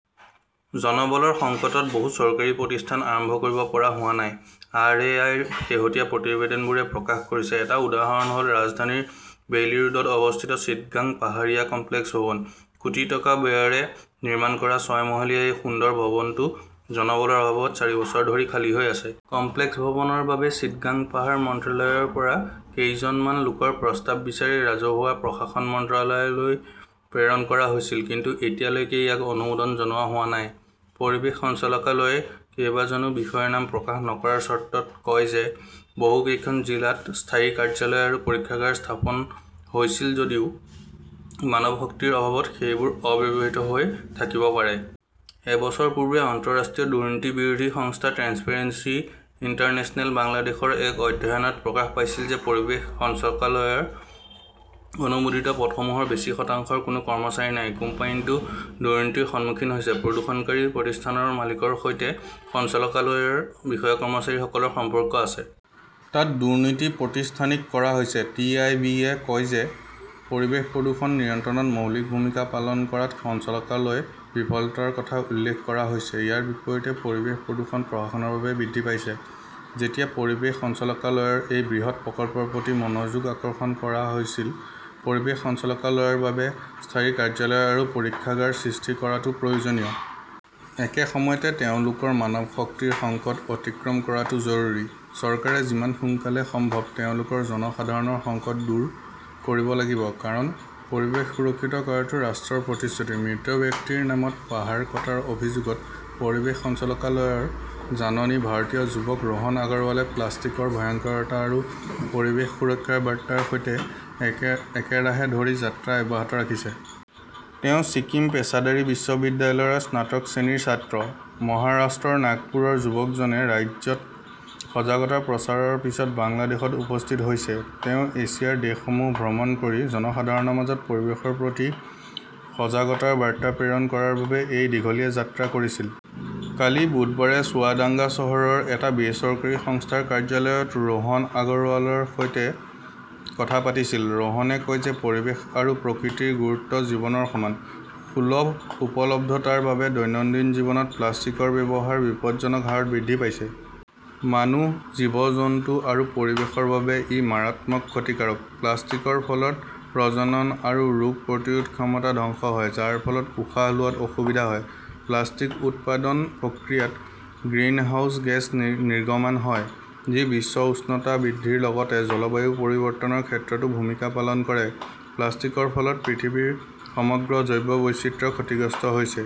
জনবলৰ সংকটত বহু চৰকাৰী প্ৰতিষ্ঠান আৰম্ভ কৰিব পৰা হোৱা নাই, আৰ. এ. আই. -ৰ শেহতীয়া প্ৰতিবেদনবোৰে প্ৰকাশ কৰিছে। এটা উদাহৰণ হ'ল ৰাজধানীৰ বেইলি ৰোডত অৱস্থিত চিটাগং পাহাৰীয়া কমপ্লেক্স ভৱন। কোটি টকা ব্যয়েৰে নিৰ্মাণ কৰা ছয় মহলীয়া এই সুন্দৰ ভৱনটো জনবলৰ অভাৱত চাৰি বছৰ ধৰি খালী হৈ আছে। কমপ্লেক্স ভৱনৰ বাবে চিটাগং পাহাৰ মন্ত্ৰালয়ৰ পৰা কেইজনমান লোকৰ প্ৰস্তাৱ বিচাৰি ৰাজহুৱা প্ৰশাসন মন্ত্ৰালয়লৈ প্ৰেৰণ কৰা হৈছিল। কিন্তু এতিয়ালৈকে ইয়াক অনুমোদন জনোৱা হোৱা নাই। পৰিৱেশ সঞ্চালকালয়ৰ কেইবাজনো বিষয়াৰ নাম প্ৰকাশ নকৰাৰ চৰ্তত কয় যে বহুকেইখন জিলাত স্থায়ী কাৰ্যালয় আৰু পৰীক্ষাগাৰ স্থাপন কৰা হৈছিল যদিও মানৱশক্তিৰ অভাৱত সেইবোৰ অব্যৱহৃত হৈ থাকিব পাৰে। এবছৰ পূৰ্বে আন্তঃৰাষ্ট্ৰীয় দুৰ্নীতি বিৰোধী সংস্থা ট্ৰেন্সপাৰেন্সি ইণ্টাৰনেশ্যনেল বাংলাদেশৰ এক অধ্যয়নত প্ৰকাশ পাইছিল যে পৰিৱেশ সঞ্চালকালয়ৰ অনুমোদিত পদসমূহৰ বেছি শতাংশৰ কোনো কৰ্মচাৰী নাই। কোম্পানীটো দুৰ্নীতিৰ সন্মুখীন হৈছে। প্ৰদূষণকাৰী প্ৰতিষ্ঠানৰ মালিকসকলৰ সৈতে সঞ্চালকালয়ৰ বিষয়া-কৰ্মচাৰীসকলৰ সম্পৰ্ক আছে। তাত দুৰ্নীতি প্ৰতিষ্ঠানিক কৰা হৈছে। টি. আই. বি. -য়ে কয় যে পৰিৱেশ প্ৰদূষণ নিয়ন্ত্ৰণত মৌলিক ভূমিকা পালন কৰাত সঞ্চালকালয়ৰ বিফলতাৰ কথা উল্লেখ কৰা হৈছে। ইয়াৰ বিপৰীতে পৰিৱেশ প্ৰদূষণ প্ৰশাসনৰ বাবেই বৃদ্ধি পাইছে। যেতিয়া পৰিৱেশ সঞ্চালকালয়ৰ এই বৃহৎ প্ৰকল্পৰ প্ৰতি মনোযোগ আকৰ্ষণ কৰা হৈছিল, পৰিৱেশ সঞ্চালকালয়ৰ বাবে স্থায়ী কাৰ্যালয় আৰু পৰীক্ষাগাৰ সৃষ্টি কৰাটো প্ৰয়োজনীয়। একে সময়তে তেওঁলোকৰ মানৱশক্তিৰ সংকট অতিক্ৰম কৰাটো জৰুৰী। চৰকাৰে যিমান সোনকালে সম্ভৱ তেওঁলোকৰ জনসাধাৰণৰ সংকট দূৰ কৰিব লাগিব। কাৰণ, পৰিৱেশ সুৰক্ষিত কৰাটো ৰাষ্ট্ৰৰ প্ৰতিশ্ৰুতি। মৃত ব্যক্তিৰ নামত পাহাৰ কটাৰ অভিযোগত পৰিৱেশ সঞ্চালকালয়ৰ জাননী ভাৰতীয় যুৱক ৰোহান আগৰৱালে প্লাষ্টিকৰ ভয়ংকৰতা আৰু পৰিৱেশ সুৰক্ষাৰ বাৰ্তাৰ সৈতে একেৰাহে ধৰি যাত্ৰা অব্যাহত ৰাখিছে। তেওঁ ছিকিম পেচাদাৰী বিশ্ববিদ্যালয়ৰ স্নাতক শ্ৰেণীৰ ছাত্ৰ। মহাৰাষ্ট্ৰৰ নাগপুৰৰ যুৱকজনে ৰাজ্যত সজাগতা প্ৰচাৰৰ পিছত বাংলাদেশত উপস্থিত হৈছে। তেওঁ এছিয়াৰ দেশসমূহ ভ্ৰমণ কৰি জনসাধাৰণৰ মাজত পৰিৱেশৰ প্ৰতি সজাগতাৰ বাৰ্তা প্ৰেৰণ কৰাৰ বাবে এই দীঘলীয়া যাত্ৰা কৰিছিল। কালি বুধবাৰে চুৱাদাঙ্গা চহৰৰ এটা বেচৰকাৰী সংস্থাৰ কাৰ্যালয়ত ৰোহান আগৰৱালৰ সৈতে কথা পাতিছিল। ৰোহানে কয় যে পৰিৱেশ আৰু প্ৰকৃতিৰ গুৰুত্ব জীৱনৰ সমান। সুলভ উপলব্ধতাৰ বাবে দৈনন্দিন জীৱনত প্লাষ্টিকৰ ব্যৱহাৰ বিপজ্জনক হাৰত বৃদ্ধি পাইছে। মানুহ, জীৱ-জন্তু আৰু পৰিৱেশৰ বাবে ই মাৰাত্মক ক্ষতিকাৰক। প্লাষ্টিকৰ ফলত প্ৰজনন আৰু ৰোগ প্ৰতিৰোধ ক্ষমতা ধ্বংস হয়, যাৰ ফলত উশাহ লোৱাত অসুবিধা হয়। প্লাষ্টিক উৎপাদন প্ৰক্ৰিয়াত গ্ৰিনহাউজ গেছ নিৰ্গমন হয়, যি বিশ্ব উষ্ণতা বৃদ্ধিৰ লগতে জলবায়ু পৰিৱৰ্তনৰ ক্ষেত্ৰতো ভূমিকা পালন কৰে। প্লাষ্টিকৰ ফলত পৃথিৱীৰ সমগ্ৰ জৈৱ বৈচিত্ৰ্য ক্ষতিগ্ৰস্ত হৈছে।